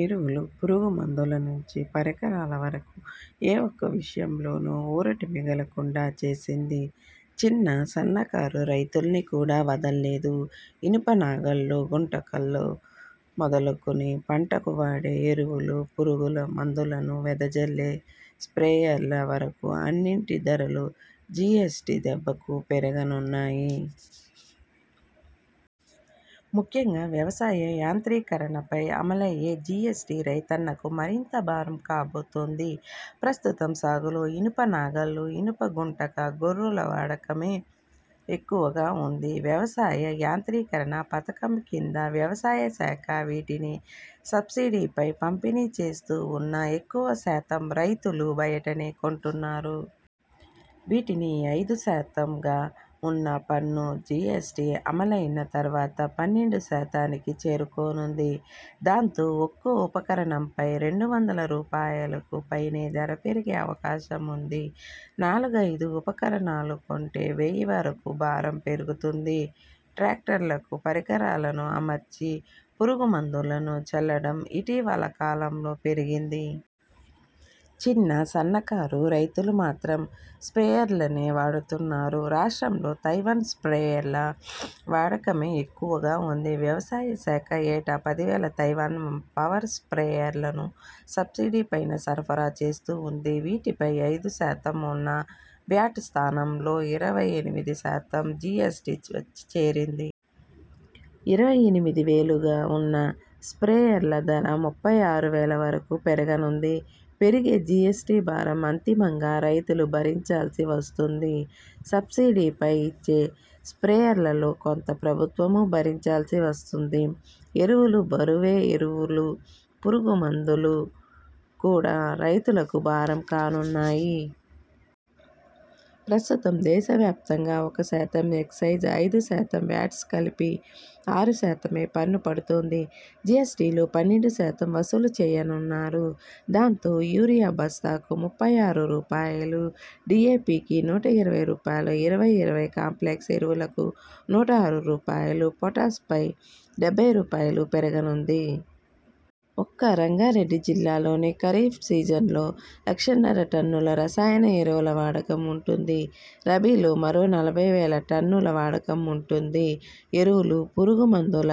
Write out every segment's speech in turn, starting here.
ఎరువులు, పురుగు మందుల నుంచి పరికరాల వరకూ ఏ ఒక్క విషయంలోనూ ఊరట మిగలకుండా చేసింది. చిన్న సన్నకారు రైతుల్ని కూడా వదల్లేదు. ఇనుప నాగళ్లు, గుంటకలు మొదలుకుని పంటకు వాడే ఎరువులు, పురుగుల మందులను వెదజల్లే స్ర్పేయర్ల వరకూ అన్నింటి ధరలూ జీఎ్సటీ దెబ్బకు పెరగనున్నాయి. ముఖ్యంగా వ్యవసాయ యాంత్రీకరణపై అమలయ్యే జీఎస్టీ రైతన్నకు మరింత భారం కాబోతోంది. ప్రస్తుతం సాగులో ఇనుప నాగళ్లు, ఇనుప గుంటక, గొర్రుల వాడకమే ఎక్కువగా ఉంది. వ్యవసాయ యాంత్రీకరణ పథకం కింద వ్యవసాయ శాఖ వీటిని సబ్సిడీపై పంపిణీ చేస్తూ ఉన్నా ఎక్కువ శాతం రైతులు బయటనే కొంటున్నారు. వీటిని ఐదు శాతంగా ఉన్న పన్ను జీఎస్టీ అమలైన తర్వాత పన్నెండు శాతానికి చేరుకోనుంది దాంతో ఒక్కో ఉపకరణంపై రెండు వందల రూపాయలుకు పైనే ధర పెరిగే అవకాశం ఉంది నాలుగైదు ఉపకరణాలు కొంటే వెయ్యి వరకు భారం పెరుగుతుంది. ట్రాక్టర్లకు పరికరాలను అమర్చి పురుగు మందులను చల్లడం ఇటీవల కాలంలో పెరిగింది. చిన్న, సన్నకారు రైతులు మాత్రం స్ర్పేయర్లనే వాడుతున్నారు. రాష్ట్రంలో తైవాన్ స్ర్పేయర్ల వాడకమే ఎక్కువగా ఉంది. వ్యవసాయ శాఖ ఏటా పది వేల తైవాన్ పవర్ స్ర్పేయర్లను సబ్సిడీ పైన సరఫరా చేస్తూ ఉంది. వీటిపై ఐదు శాతం ఉన్న వ్యాట్ స్థానంలో ఇరవై ఎనిమిది శాతం జీఎ్సటీ వచ్చి చేరింది. ఇరవై ఎనిమిది వేలుగా ఉన్న స్ర్పేయర్ల ధర ముప్పై ఆరు వేల వరకు పెరగనుంది. పెరిగే జీఎస్టీ భారం అంతిమంగా రైతులు భరించాల్సి వస్తుంది. సబ్సిడీపై ఇచ్చే స్ర్పేయర్లలో కొంత ప్రభుత్వమూ భరించాల్సి వస్తుంది. ఎరువులూ బరువే ఎరువులు, పురుగు మందులు కూడా రైతులకు భారం కానున్నాయి. ప్రస్తుతం దేశవ్యాప్తంగా ఒక శాతం ఎక్సైజ్, ఐదు శాతం వ్యాట్ కలిపి ఆరు శాతమే పన్ను పడుతోంది. జీఎస్టీలో పన్నెండు శాతం వసూలు చేయనున్నారు. దాంతో, యూరియా బస్తాకు ముప్పై ఆరు రూపాయలు డీఏపీకి నూట ఇరవై రూపాయలు ఇరవై ఇరవై కాంప్లెక్స్ ఎరువులకు నూట ఆరు రూపాయలు పొటాష్ పై డెబ్బై రూపాయలు పెరగనుంది. ఒక్క రంగారెడ్డి జిల్లాలోనే ఖరీఫ్ సీజన్లో లక్షన్నర టన్నుల రసాయన ఎరువుల వాడకం ఉంటుంది. రబీలో మరో నలభై వేల టన్నుల వాడకం ఉంటుంది. ఎరువులు, పురుగు మందుల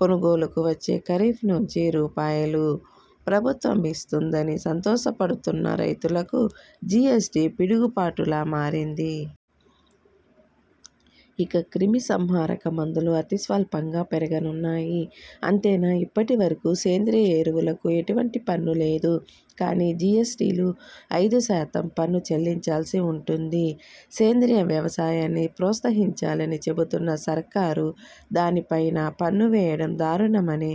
కొనుగోలుకు వచ్చే ఖరీఫ్ నుంచి రూపాయలు. ప్రభుత్వం ఇస్తుందని సంతోషపడుతున్న రైతులకు, జీఎస్టీ పిడుగు పాటులా మారింది. ఇక, క్రిమి సంహారక మందులు అతి స్వల్పంగా పెరగనున్నాయి. అంతేనా, ఇప్పటి వరకూ సేంద్రియ ఎరువులకు ఎటువంటి పన్ను లేదు. కానీ, జీఎస్టీ లో ఐదు శాతం పన్ను చెల్లించాల్సి ఉంటుంది. సేంద్రియ వ్యవసాయాన్ని ప్రోత్సహించాలని చెబుతున్న సర్కారు దానిపైనా పన్ను వేయడం దారుణమనే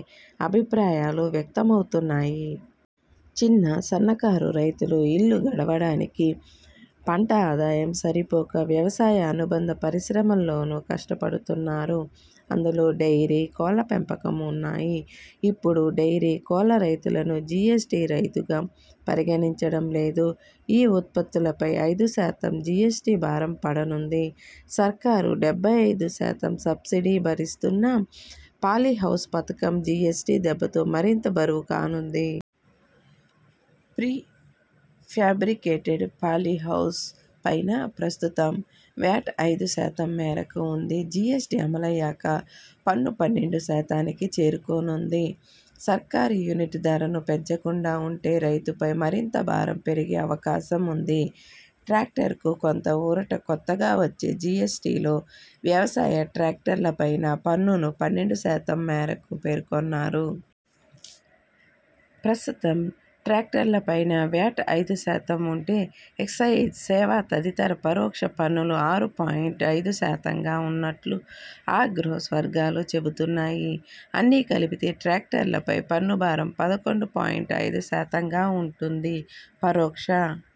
అభిప్రాయాలు వ్యక్తమవుతున్నాయి. చిన్న, సన్నకారు రైతులు ఇల్లు గడవటానికి పంట ఆదాయం సరిపోక వ్యవసాయ అనుబంధ పరిశ్రమల్లోనూ కష్టపడుతున్నారు. అందులో డెయిరీ, కోళ్ల పెంపకం ఉన్నాయి. ఇప్పుడు డెయిరీ, కోళ్ల రైతులను జీఎస్టీ రైతుగా పరిగణించడం లేదు. ఈ ఉత్పత్తులపై ఐదు శాతం జీఎస్టీ భారం పడనుంది. సర్కారు డెబ్బై ఐదు శాతం సబ్సిడీ భరిస్తున్నా పాలీహౌస్ పథకం జీఎస్టీ దెబ్బతో మరింత బరువు కానుంది. ప్రీ ఫ్యాబ్రికేటెడ్ పాలీ హౌస్ పైన ప్రస్తుతం వ్యాట్ ఐదు శాతం మేరకు ఉంది. జీఎస్టీ అమలయ్యాక పన్ను పన్నెండు శాతానికి చేరుకోనుంది. సర్కారు యూనిట్ ధరను పెంచకుండా ఉంటే రైతుపై మరింత భారం పెరిగే అవకాశం ఉంది. ట్రాక్టర్కు కొంత ఊరట కొత్తగా వచ్చే జీఎస్టీలో వ్యవసాయ ట్రాక్టర్ల పైన పన్నును పన్నెండు శాతం మేరకు పేర్కొన్నారు. ప్రస్తుతం ట్రాక్టర్ల పైన వ్యాట్ ఐదు శాతం ఉంటే., ఎక్సయిజ్, సేవా తదితర పరోక్ష పన్నులు ఆరు పాయింట్ ఐదు శాతంగా ఉన్నట్లు ఆగ్రోస్ వర్గాలు చెబుతున్నాయి. అన్నీ కలిపితే ట్రాక్టర్ల పై పన్ను భారం పదకొండు పాయింట్ ఐదు శాతంగా ఉంటుంది. పరోక్ష